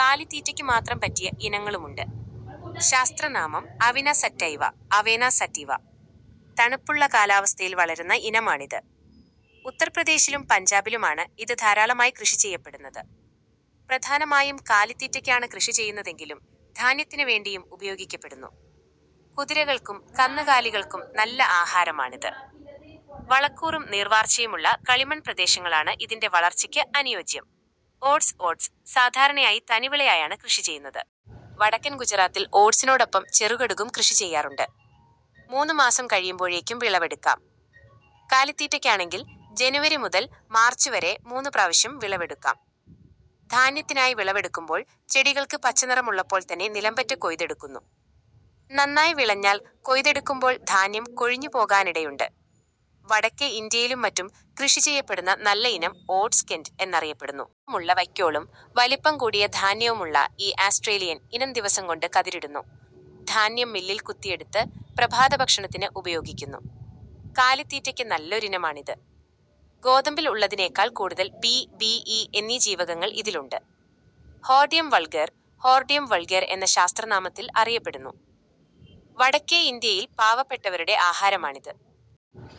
കാലിത്തീറ്റയ്ക്കു മാത്രം പറ്റിയ ഇനങ്ങളുമുണ്ട്. ശാസ്ത്രനാമം: അവിന സറ്റൈവ. തണുപ്പുള്ള കാലാവസ്ഥയിൽ വളരുന്ന ഇനമാണിത്. ഉത്തർപ്രദേശിലും പഞ്ചാബിലുമാണ് ഇത് ധാരാളമായി കൃഷിചെയ്യപ്പെടുന്നത്. പ്രധാനമായും കാലിത്തീറ്റയ്ക്കാണ് കൃഷി ചെയ്യുന്നതെങ്കിലും ധാന്യത്തിനുവേണ്ടിയും ഉപയോഗിക്കപ്പെടുന്നു. കുതിരകൾക്കും കന്നുകാലികൾക്കും നല്ല ആഹാരമാണിത്. വളക്കൂറും നീർവാർച്ചയുമുള്ള കളിമൺപ്രദേശങ്ങളാണ് ഇതിന്റെ വളർച്ചയ്ക്ക് അനുയോജ്യം. ഓട്സ് സാധാരണയായി തനിവിളയായി ആണ് കൃഷിചെയ്യുന്നത്. വടക്കൻ ഗുജറാത്തിൽ ഓട്സിനോടൊപ്പം ചെറുകടുകും കൃഷി ചെയ്യാറുണ്ട്. മൂന്നുമാസം കഴിയുമ്പോഴേക്കും വിളവെടുക്കാം. കാലിത്തീറ്റയ്ക്കാണെങ്കിൽ ജനുവരി മുതൽ മാർച്ച് വരെ മൂന്നുപ്രാവശ്യം വിളവെടുക്കാം. ധാന്യത്തിനായി വിളവെടുക്കുമ്പോൾ ചെടികൾക്ക് പച്ചനിറമുള്ളപ്പോൾത്തന്നെ നിലംപറ്റെ കൊയ്തെടുക്കുന്നു. നന്നായി വിളഞ്ഞാൽ കൊയ്തെടുക്കുമ്പോൾ ധാന്യം കൊഴിഞ്ഞുപോകാനിടയുണ്ട്. വടക്കെ ഇന്ത്യയിലും മറ്റും കൃഷിചെയ്യപ്പെടുന്ന നല്ലയിനം ഓട്സ് 'കെന്റ്' എന്നറിയപ്പെടുന്നു. കടുപ്പമുള്ള വയ്ക്കോലും വലിപ്പം കൂടിയ ധാന്യവുമുള്ള ഈ ആസ്റ്റ്രേലിയൻ ഇനം ദിവസംകൊണ്ട് കതിരിടുന്നു. ധാന്യം മില്ലിൽ കുത്തിയെടുത്ത് പ്രഭാതഭക്ഷണത്തിനുപയോഗിക്കുന്നു. കാലിത്തീറ്റയ്ക്ക് നല്ലൊരിനമാണിത്. ഗോതമ്പിൽ ഉള്ളതിനെക്കാൾ കൂടുതൽ ബി, ബി, ഇ എന്നീ ജീവകങ്ങൾ ഇതിലുണ്ട്. ഹോർഡിയം വൾഗേർ എന്ന ശാസ്ത്രനാമത്തിൽ അറിയപ്പെടുന്നു. വടക്കേ ഇന്ത്യയിൽ പാവപ്പട്ടവരുടെ ആഹാരമാണിത്.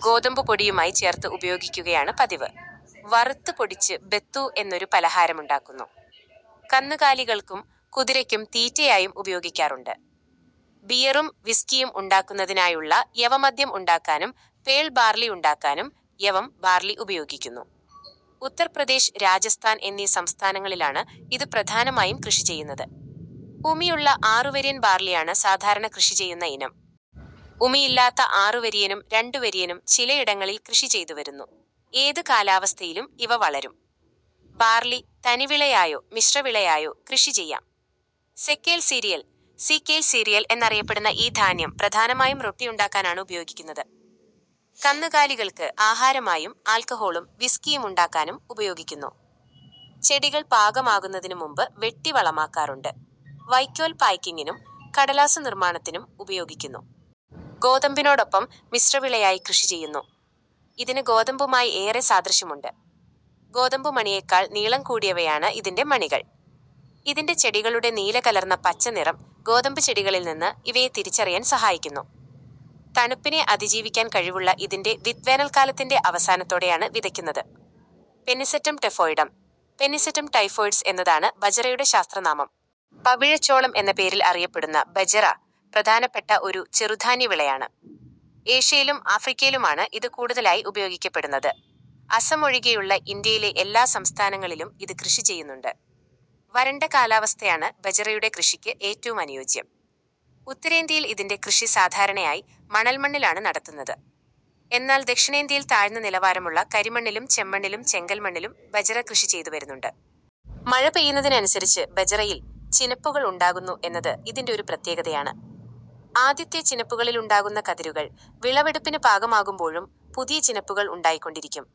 ഗോതമ്പുപൊടിയുമായി ചേർത്ത് ഉപയോഗിക്കുകയാണ് പതിവ്. വറുത്ത് പൊടിച്ച് 'ബത്തു' എന്നൊരു പലഹാരമുണ്ടാക്കുന്നു. കന്നുകാലികൾക്കും കുതിരയ്ക്കും തീറ്റയായും ഉപയോഗിക്കാറുണ്ട്. ബിയറും വിസ്കിയും ഉണ്ടാക്കുന്നതിനാവശ്യമായ യവ മദ്യം ഉണ്ടാക്കാനും പേൾ ബാർലിയുണ്ടാക്കാനും യവം ഉപയോഗിക്കുന്നു. ഉത്തർപ്രദേശ്, രാജസ്ഥാൻ എന്നീ സംസ്ഥാനങ്ങളിലാണ് ഇത് പ്രധാനമായും കൃഷിചെയ്യുന്നത്. ഉമിയുള്ള ആറുവരിയൻ ബാർലിയാണ് സാധാരണ കൃഷിചെയ്യുന്ന ഇനം. ഉമിയില്ലാത്ത ആറുവരിയനും രണ്ടുവരിയനും ചിലയിടങ്ങളിൽ കൃഷിചെയ്തുവരുന്നു. ഏതു കാലാവസ്ഥയിലും ഇവ വളരും. ബാർലി തനിവിളയായോ മിശ്രവിളയായോ കൃഷിചെയ്യാം. സെക്കേൽ സിറിയൽ എന്നറിയപ്പെടുന്ന ഈ ധാന്യം പ്രധാനമായും റൊട്ടിയുണ്ടാക്കാനാണ് ഉപയോഗിക്കുന്നത്. കന്നുകാലികൾക്ക് ആഹാരമായും ആൽക്കഹോളും വിസ്കിയും ഉണ്ടാക്കാനും ഉപയോഗിക്കുന്നു. ചെടികൾ പാകമാകുന്നതിനുമുമ്പ് വെട്ടി വളമാക്കാറുണ്ട്. വയ്ക്കോൽ പായ്ക്കിങ്ങിനും കടലാസ്സു നിർമ്മാണത്തിനും ഉപയോഗിക്കുന്നു. ഗോതമ്പിനോടൊപ്പം മിശ്രവിളയായി കൃഷിചെയ്യുന്നുണ്ട്. ഗോതമ്പുമായി ഏറെ സാദൃശ്യവുമുണ്ട്. ഗോതമ്പുമണിയെക്കാൾ നീളം കൂടിയവയാണ് റൈ മണികൾ. റൈ ചെടികളുടെ നീല കലർന്ന പച്ച നിറം ഗോതമ്പുചെടികളിൽനിന്ന് ഇവയെ തിരിച്ചറിയാൻ സഹായിക്കുന്നു. തണുപ്പിനെ അതിജീവിക്കാൻ കഴിവുള്ള ഇതിന്റെ വിത്ത് വേനൽക്കാലാത്തിന്റെ അവസാനത്തേടെയാണ് വിതയ്ക്കുന്നത്. പെന്നിസെറ്റെം ടൈഫോയിഡം എന്നതാണ് ബജ്റയുടെ ശാസ്ത്രനാമം. പവിഴച്ചോളം എന്ന പേരിൽ അറിയപ്പെടുന്ന ബജ്റ പ്രധാനപ്പെട്ട ചെറു ധാന്യവിളയാണ്. ഏഷ്യയിലും ആഫ്രിക്കയിലുമാണ് ഇത് കൂടുതൽ ഉപയോഗിക്കപ്പെടുന്നത്. അസമിലൊഴികെ ഇന്ത്യയിലെ എല്ലാ സംസ്ഥാനങ്ങളിലും ഇത് കൃഷിചെയ്യുന്നുണ്ട്. വരണ്ട കാലാവസ്ഥയാണ് ബജ്റയുടെ കൃഷിക്ക് ഏറ്റവും അനുയോജ്യം. ഉത്തരേന്ത്യയിൽ ഇതിന്റെ കൃഷി സാധാരണ മണൽമണ്ണിലാണ് നടത്തുന്നത്. എന്നാൽ ദക്ഷിണേന്ത്യയിൽ താഴ്ച കുറഞ്ഞ കരിമണ്ണിലും ചെമ്മണ്ണിലും ചെങ്കൽമണ്ണിലും ബജ്റ കൃഷിചെയ്തുവരുന്നുണ്ട്. മഴ പെയ്യുന്നതിനനുസരിച്ച് അതിന് ചിനപ്പുകൾ ഉണ്ടാകുന്നു എന്നുള്ളതാണ് ബജ്റയുടെ ഒരു പ്രത്യേകത. ആദ്യത്തെ ചിനപ്പുകളിലുണ്ടാകുന്ന കതിരുകൾ വിളവെടുപ്പിന് പാകമാകുമ്പോഴും പുതിയ ചിനപ്പുകൾ ഉണ്ടായിക്കൊണ്ടിരിക്കും.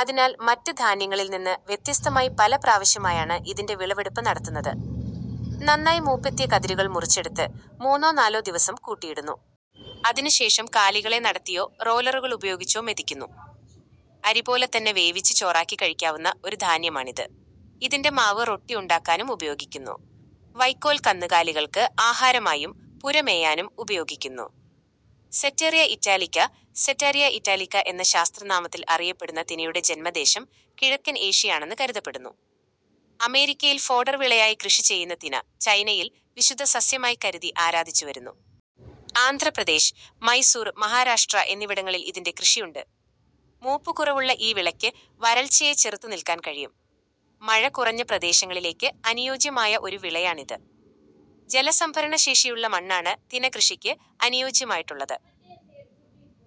അതിനാൽ മറ്റു ധാന്യങ്ങളുടേതിൽനിന്നു വ്യത്യസ്തമായി പല പ്രാവശ്യമായിട്ടാണ് ഇതിന്റെ വിളവെടുക്കുന്നത്. നന്നായി മൂപ്പെത്തിയ കതിരുകൾ മുറിച്ചെടുത്ത് മൂന്നോ നാലോ ദിവസം കൂട്ടിയിടുന്നു. അതിനുശേഷം കാലികളെ നടത്തിയോ റോളറുകൾ ഉപയോഗിച്ചോ മെതിക്കുന്നു. അരിപോലെതന്നെ വേവിച്ച് ചോറാക്കി കഴിക്കാവുന്ന ഒരു ധാന്യമാണിത്. ഇതിന്റെ മാവ് റൊട്ടിയുണ്ടാക്കാനുപയോഗിക്കുന്നു. വയ്ക്കോൽ കന്നുകാലികൾക്ക് ആഹാരമായും പുര മേയാനും ഉപയോഗിക്കുന്നു. സെറ്റേറിയ ഇറ്റാലിക്ക എന്ന ശാസ്ത്രനാമത്തിൽ അറിയപ്പെടുന്ന തിനയുടെ ജന്മദേശം കിഴക്കൻ ഏഷ്യയാണെന്നു കരുതപ്പെടുന്നു. അമേരിക്കയിൽ ഫോഡർ വിളയായി കൃഷി ചെയ്യുന്ന തിന ചൈനയിൽ വിശുദ്ധ സസ്യമായി കരുതി ആരാധിച്ചുവരുന്നു. ആന്ധ്രപ്രദേശ്, മൈസൂർ, മഹാരാഷ്ട്ര എന്നിവിടങ്ങളിൽ ഇതിന്റെ കൃഷിയുണ്ട്. മൂപ്പുകുറവുള്ള ഈ വിളയ്ക്ക് വരൾച്ചയെ ചെറുത്തുനില്ക്കാൻ കഴിയും. മഴ കുറഞ്ഞ പ്രദേശങ്ങളിലേക്ക് അനുയോജ്യമായ ഒരു വിളയാണിത്. ജലസംഭരണശേഷിയുള്ള മണ്ണാണ് തിനക്കൃഷിക്ക് അനുയോജ്യമായിട്ടുള്ളത്. തനിവിളയായോ